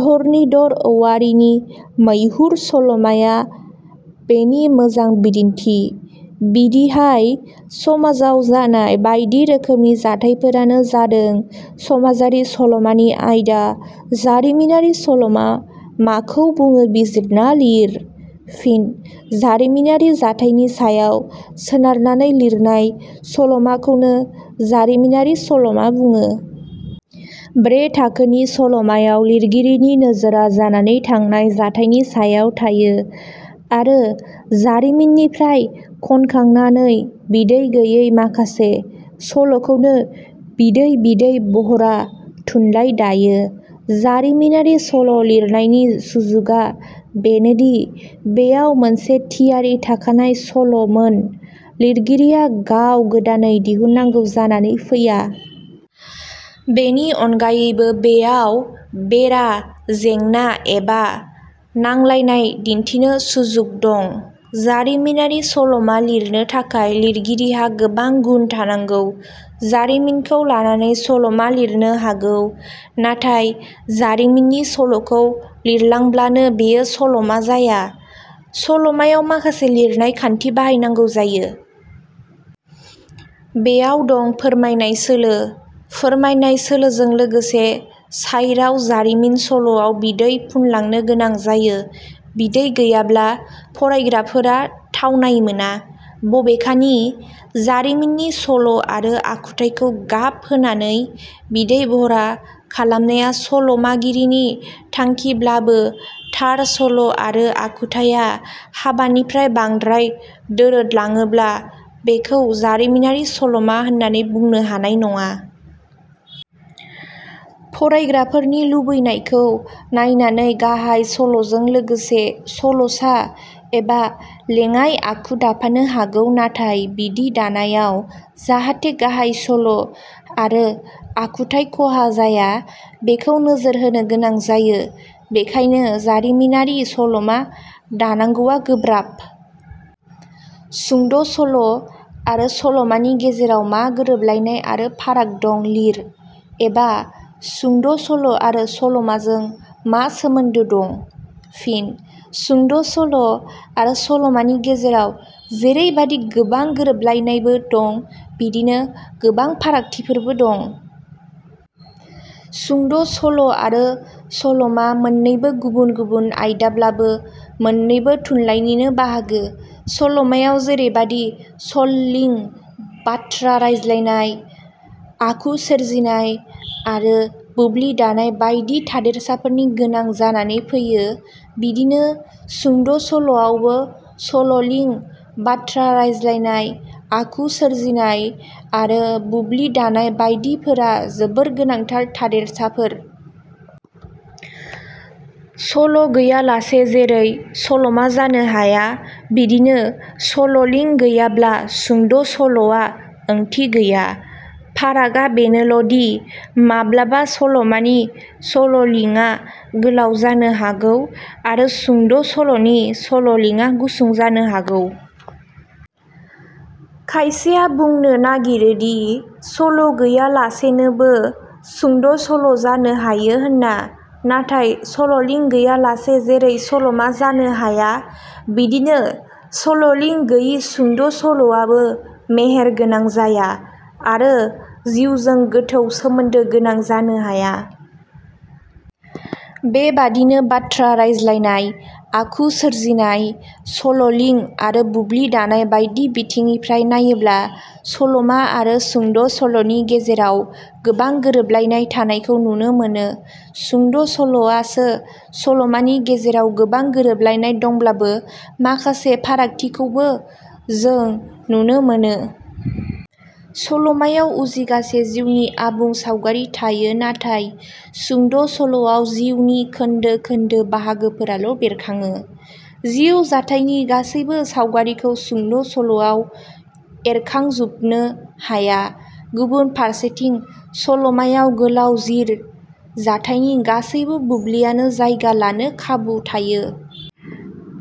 धरनिधर औवारिनि "मैहुर" सल'माया बेनि मोजां बिदिन्थि। बिदिहाय समाजाव जानाय बायदि रोखोमनि जाथाइफोरानो जादों समाजारि सलमानि आयदा। जारिमिनारि सल'मा माखौ बुङो बिजिरना लिर। फिन: जारिमिनारि जाथाइनि सायाव सोनारनानै लिरनाय सल 'माखौनो जारिमिनारि सल'मा बुङो। ब्रे थाखोनि सल 'मायाव लिरगिरिनि नोजोरा जानानै थांनाय जाथाइनि सायाव थायो आरो जारिमिननिफ्राय खनखांनाने बिदै गैयै माखासे संल 'खौनो बिदै बिदै बहरा थुनलाइ दायो। जारिमिनारि सल' लिरनायनि सुजुगा बेनोदि बेयाव मोनसे थियारि थाखानाय सल' मोन लिरगिरिया गांव गोदानै दिहुननांगौ जानाने फैया। बेनि अनगायैबो बेयाव बेरा जेंना एबा नांलायनाय दिन्थिनो सुजुग दं। जारिमिनारि सलमा लिरनो थाखाय लिरगिरिहा गोबां गुण थानांगौ। जारिमिनखौ लानानै सल'मा लिरनो हागौ। नाथाय जारिमिननि सल 'खौ लिरलांब्लानो बेयो सल'मा जाया। सल 'मायाव माखासे लिरनाय खान्थि बाहायनांगौ जायो। बेयाव दं फोरमायनाय सोलो। फोरमायनाय सोलोजों लोगोसे साइराव जारिमिन सल'आव बिदै फुनलांनो गोनां जायो। बिदै गैयाब्ला फरायग्राफोरा थावनाय मोना। बबेखानि जारिमिननि सल' आरो आखुथाइखौ गाब होनानै बिदै बहरा खालामनाया सल' मागिरिनि थांखिब्लाबो थार सल' आरो आखुथाइया हाबानिफ्राय बांद्राय दोरोदलाङोब्ला बेखौ जारिमिनारि सल'मा होननानै बुंनो हानाय नङा। फरायग्राफोरनि लुबैनायखौ नायनानै गाहाइ सल 'जों लोगोसे सल'सा एबा लेङाइ आखु दाफानो हागौ नाथाय बिदि दानायाव जाहाथे गाहाइ सल' आरो आखुथाइ खहा जाया बेखौ नोजोर होनो गोनां जायो। बेखायनो जारिमिनारि सल'मा दानांगौवा गोब्राब। सुंद' सल' आरो सल मानि गेजेराव मा गोरोबलायनाय आरो फाराग दं लिर। "एबा" सुंद' सल' आरो सल 'माजों मा सोमोन्दो दं? फिन: सुंद' सल' आरो सलमानि गेजेराव जेरैबादि गोबां गोरोबलायनायबो दं बिदिनो गोबां फारागथिफोरबो दं। सुंद' सल' आरो सले'मा मोननैबो गुबुन गुबुन आयदाब्लाबो मोननैबो थुनलाइनिनो बाहागो। सल 'मायाव जेरैबादि सललिं, बाथ्रा रायज्लायनाय, आखु सोरजिनाय आरो बुब्लि दानाय बायदि थादेरसाफोरनि गोनां जानानै फैयो बिदिनो सुंद' सल 'आवबो सल 'लिं, बाथ्रा रायज्लायनाय, आखु सोरजिनाय आरो बुब्लि दानाय बायदिफोरा जोबोर गोनांथार थादेरसाफोर। सल' गैयालासे जेरै सलं 'मा जानो हाया बिदिनो सल 'लिं गैयाब्ला सुंद' सल 'या ओंथि गया। फारागा बेनोल 'दि माब्लाबा सल 'मानि सल 'लिंआ गोलाव जानो हागौ आरो सुंद' सल'नि सल'लिंआ गुसुं जानो हागौ। खायसेया बुंनो नागिरोदि सल' गैयालासेनोबो सुंद' सल' जानो हायो होनना। नाथाय सल 'लिं गैयालासे जेरै सल'मा जानो हाया बिदिनो सल 'लिं गैयि सुंद' सल'आबो मेहेर गोनां जाया आरो जिउजों गोथौ सोमोन्दो गोनां जानो हाया। बेबादिनो बाथ्रा रायज्लायनाय, आखु सोरजिनाय, सल 'लिं आरो बुब्लि दानाय बायदि बिथिंनिफ्राय नायोब्ला सल'मा आरो सुंद' सल'नि गेजेराव गोबां गोरोबलायनाय थानायखौ नुनो मोनो। सुंद' सल' आसे सलमानि गेजेराव गोबां गोरोबलायनाय दंब्लाबो माखासे फारागथिखौबो जो नुनो मोनो। सल 'मायाव उजिगासे जिउनि आबुं सावगारि थाय नाथाय सुंद' सल'आव जिउनि खोन्दो खोन्दो बाहागोफोराल' बेरखाङो। जिउ जाथायनि गासैबो सावगारिखौ सुंद सल'आव एरखांजुबनो हाया। गुबुन फारसेथिं सल 'मायाव गोलाव जिर जाथाइनि गासैबो बुब्लियानो जायगा लानो खाबु थायो।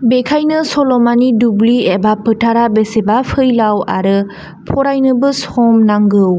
बेखायनो सल 'मानि दुब्लि एबा फोथारा बेसेबा फैलाव आरो फरायनोबो सम नांगौ।